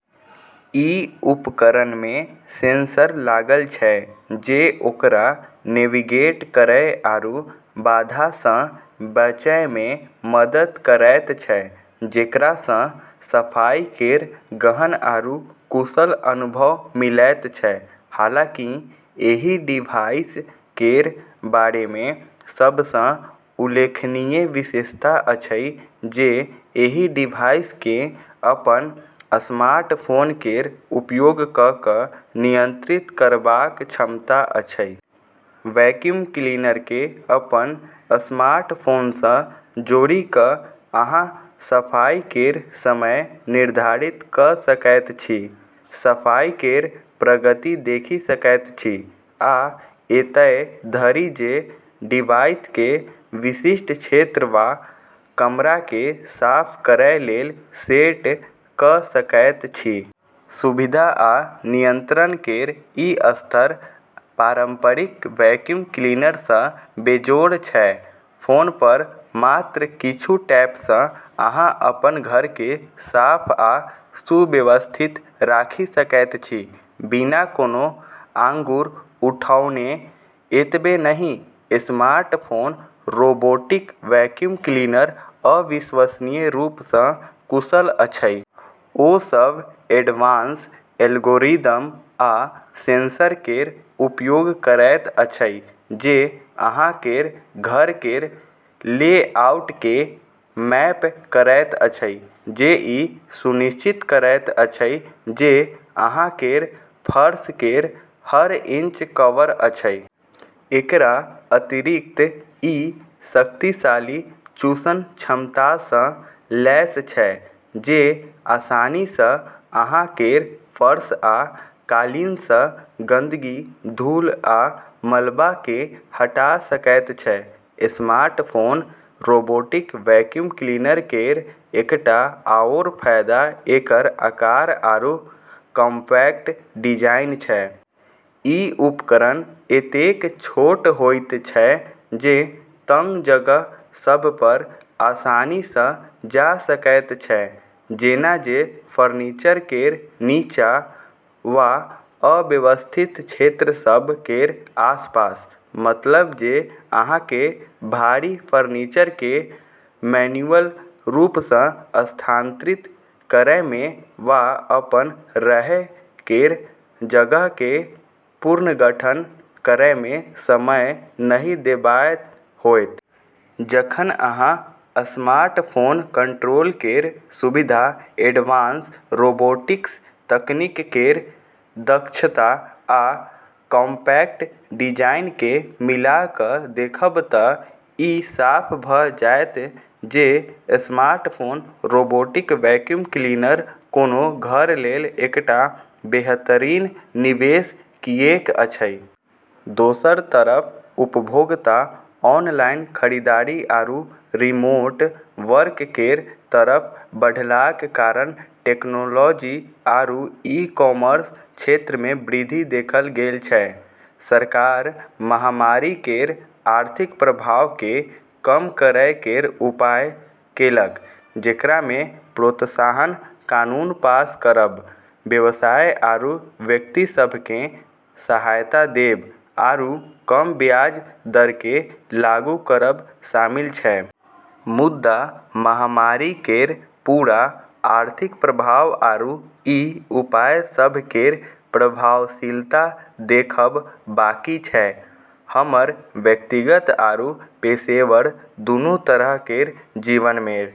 ई उपकरणमे सेंसर लागल छै जे ओकरा नेविगेट करै आरू बाधासँ बचैमे मदद करैत छै, जेकरासँ सफाई केर गहन आरू कुशल अनुभव मिलैत छै। हालांकि एहि डिवाइस केर बारेमे सबसँ उल्लेखनीय विशेषता अछि जे एहि डिवाइसकेँ अपन स्मार्टफोन केर उपयोग कऽ कऽ नियंत्रित करबाक क्षमता अछि। वैक्यूम क्लीनरकेँ अपन स्मार्टफोनसँ जोड़ि कऽ अहाँ सफाई केर समय निर्धारित कऽ सकैत छी, सफाई केर प्रगति देखि सकैत छी, आ एतए धरि जे डिवाइसकेँ विशिष्ट क्षेत्र वा कमराकेँ साफ करै लेल सेट कऽ सकैत छी। सुविधा आ नियंत्रण केर ई स्तर पारंपरिक वैक्यूम क्लीनरसँ बेजोड़ छै। फोनपर मात्र किछु टैपसँ अहाँ अपन घरकेँ साफ आ सुव्यवस्थित राखि सकैत छी, बिना कोनो आँगुर उठौने। एतबे नहि स्मार्टफोन रोबोटिक वैक्यूम क्लीनर अविश्वसनीय रूपसँ कुशल अछि। ओ सब एडवांस एल्गोरिदम आ सेंसर केर उपयोग करैत अछि जे अहाँ केर घर केर लेआउटकेँ मैप करैत अछि, जे ई सुनिश्चित करैत अछि जे अहाँ केर फर्श केर हर इंच कवर अछि। एकरा अतिरिक्त, ई शक्तिशाली चूषण क्षमतासँ लैस छै जे आसानीसँ अहाँ केर फर्श आ कालीनसँ गंदगी, धूल आ मलबाकेँ हटा सकैत छै। स्मार्टफोन रोबोटिक वैक्यूम क्लीनर केर एकटा आओर फायदा एकर आकार आरू कॉम्पैक्ट डिजाइन छै। ई उपकरण एतेक छोट होइत छै जे तंग जगह सभपर आसानीसँ जा सकैत छै, जेना जे फर्नीचर केर नीचाँ वा अव्यवस्थित क्षेत्र सभ केर आसपास। मतलब जे अहाँकेँ भारी फर्नीचरकेँ मैन्युअल रूपसँ स्थानांतरित करैमे वा अपन रहै केर जगहकेँ पुनर्गठन करैमे समय नहि देबाय होयत। जखन अहाँ स्मार्टफोन कंट्रोल केर सुविधा, एडवांस रोबोटिक्स तकनीक केर दक्षता, आ कॉम्पैक्ट डिजाइनकेँ मिला कऽ देखब तऽ ई साफ भऽ जाएत जे स्मार्टफोन रोबोटिक वैक्यूम क्लीनर कोनो घर लेल एकटा बेहतरीन निवेश किऐक अछि। दोसर तरफ उपभोक्ता ऑनलाइन खरीदारी आरू रिमोट वर्क केर तरफ बढ़लाक कारण टेक्नोलॉजी आरू ई-कॉमर्स क्षेत्रमे वृद्धि देखल गेल छै। सरकार महामारी केर आर्थिक प्रभावकेँ कम करै केर उपाय केलक, जेकरामे प्रोत्साहन कानून पास करब, व्यवसाय आरू व्यक्ति सभकेँ सहायता देब, आरू कम ब्याज दरकेँ लागू करब शामिल छै। मुदा महामारी केर पूरा आर्थिक प्रभाव आरू ई उपाय सभ केर प्रभावशीलता देखब बाकी छै। हमर व्यक्तिगत आरू पेशेवर दूनू तरह केर जीवनमे।